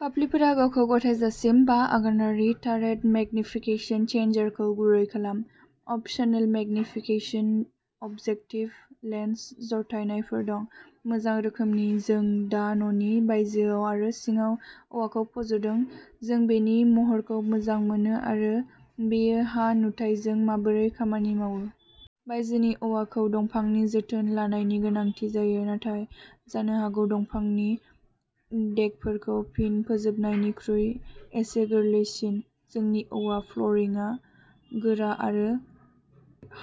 फाफ्लिफोरा गावखौ गथायजासिम। बा आगानारि टारेट मेगनिफिकेसन चेनजारखौ गुरै खालाम। अपसनेल मेगनिफिकेसन अब जेकटिभ लेन्स जथायनायफोर दं। मोजां रोखोमनि। जों दा न'नि बायजोआव आरो सिङाव औवाखौ फज'दों। जों बेनि महरखौ मोजां मोनो आरो बेयो हा नुथाइजों माबोरै खामानि मावो। बायजोनि औवाखौ दंफांनि जोथोन लानायनि गोनांथि जायो। नाथाय जानो हागौ दंफांनि देकफोरखौ फिन फोजोबनायनिख्रुइ एसे गोरलैसिन। जोंनि औवा फ्ल'रिंआ गोरा आरो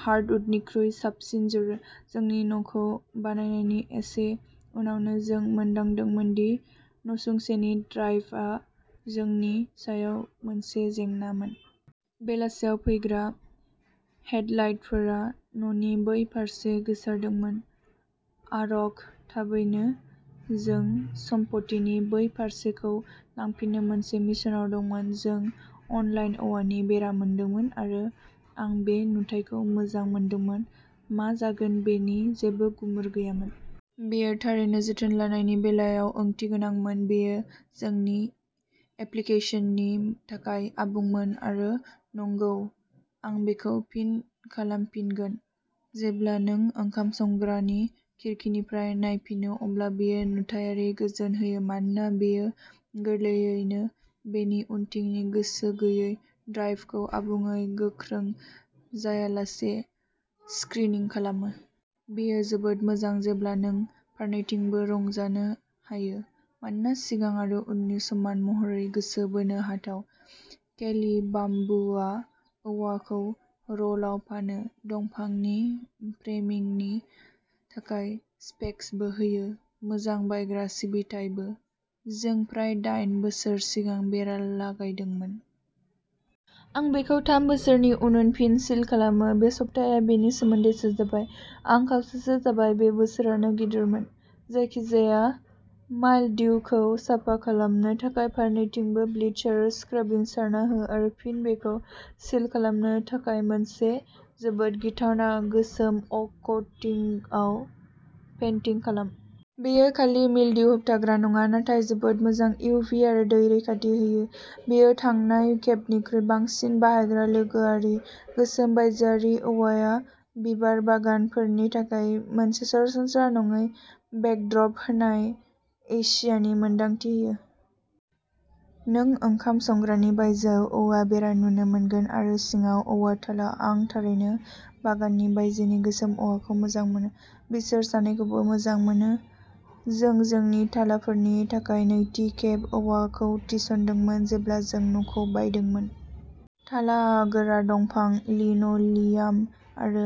हार्डवुडनिख्रुइ साबसिन जोरो। जोंनि न'खौ बायनायनि एसे उनावनो जों मोनदांदोंमोन दि नसुंसेनि ड्राइभआ जोंनि सायाव मोनसे जेंनामोन। बेलासियाव फैग्रा हेडलाइटफोरा न'नि बै फारसे गोसारदोंमोन। आरघ थाबैनो जों सम्पथिनि बै फारसेखौ लांफिननो मोनसे मिशनआव दंमोन। जों अनलाइन औवानि बेरा मोनदोंमोन आरो आं बे नुथायखौ मोजां मोनदोंमोन। मा जागोन बेनि जेबो गुमुर गैयामोन। बेयो थारैनो जोथोन लानायनि बेलायाव ओंथिगोनांमोन। बेयो जोंनि एप्लिकेसननि थाखाय आबुंमोन आरो नंगौ। आं बेखौ फिन खालामफिनगोन। जेब्ला नों ओंखाम संग्रानि खिरखिनिफ्राय नायफिनो अब्ला बेयो नुथायारि गोजोन होयो। मानोना बेयो गोरलैयैनो बेनि उनथिंनि गोसो गैयै ड्राइभखौ आबुङै गोख्रों जायालासे स्क्रिनिं खालामो। बेयो जोबोद मोजां जेब्ला नों फारनैथिंबो रंजानो हायो। मानोना सिगां आरो उनआ समान महरै गोसो बोनो हाथाव। केलि बाम्बुआ औवाखौ र'लआव फानो। दंफांनि फ्रेमिंगनि थाखाय स्पेक्सबो होयो। मोजां बायग्रा सिबिथाइबो। जों फ्राय दाइन बोसोर सिगां बेरा लागायदोंमोन। आं बेखौ थाम बोसोरनि उन उन फिन सिल खालामो। बे सप्ताया बेनि सोमोन्दैसो जाबाय। आं खावसेसो जाबाय। बे बोसोरानो गिदिरमोन। जायखिजाया माइलडयुखौ साफा खालामनो थाखाय फारनैथिंबो ब्लिच आरो स्क्राबिं सारना हो आरो फिन बेखौ सिल खालामनो थाखाय मोनसे जोबोद गिथावना गोसोम अक कटिंगआव पेन्टिं खालाम। बेयो खालि मिलदिउ होबथाग्रा नङा। नाथाय जोबोद मोजां इउभि आरो दै रैखाथि होयो। बेयो थांनाय खेबनिख्रुइ बांसिन बाहायग्रा लोगोआरि। गोसोम बायजोआरि औवाआ बिबार बागानफोरनि थाखाय मोनसे सरासनस्रा नङै बेकड्रप होनाय एशियानि मोन्दांथि होयो। नों ओंखाम संग्रानि बायजोआव औवा बेरा नुनो मोनगोन। आरो सिङाव औवा थाला। आं थारैनो बागाननि बायजोनि गोसोम औवाखौ मोजां मोनो। बिसोर सानैखौबो मोजां मोनो। जों जोंनि थालाफोरनि थाखाय नैथि खेब औवाखौ थिसनदोंमोन। जेब्ला जों न'खौ बायदोंमोन। थालाआ गोरा दंफां लिन' लियाम आरो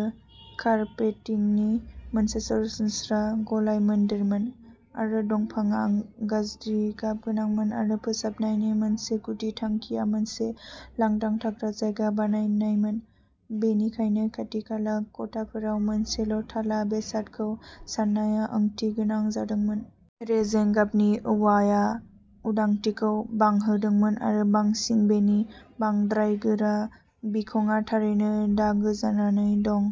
कारपेटिंनि मोनसे सरासनस्रा गलायमोनदेरमोन। गोरा दंफांआ गाज्रि गाबगोनांमोन आरो फोसाबनायनि मोनसे गुदि थांखिया मोनसे लांदां थाग्रा जायगा बानायनायमोन। बेनिखायनो खाथि-खाला खथाफोराव मोनसेल' थाला बेसादखौ साननाया ओंथिगोनां जादोंमोन। रेजें गाबनि औवाआ उदांथिखौ बांहोदोंमोन आरो बांसिन बेनि बांद्राय गोरा बिखंआ थारैनो दागो जानानै दं।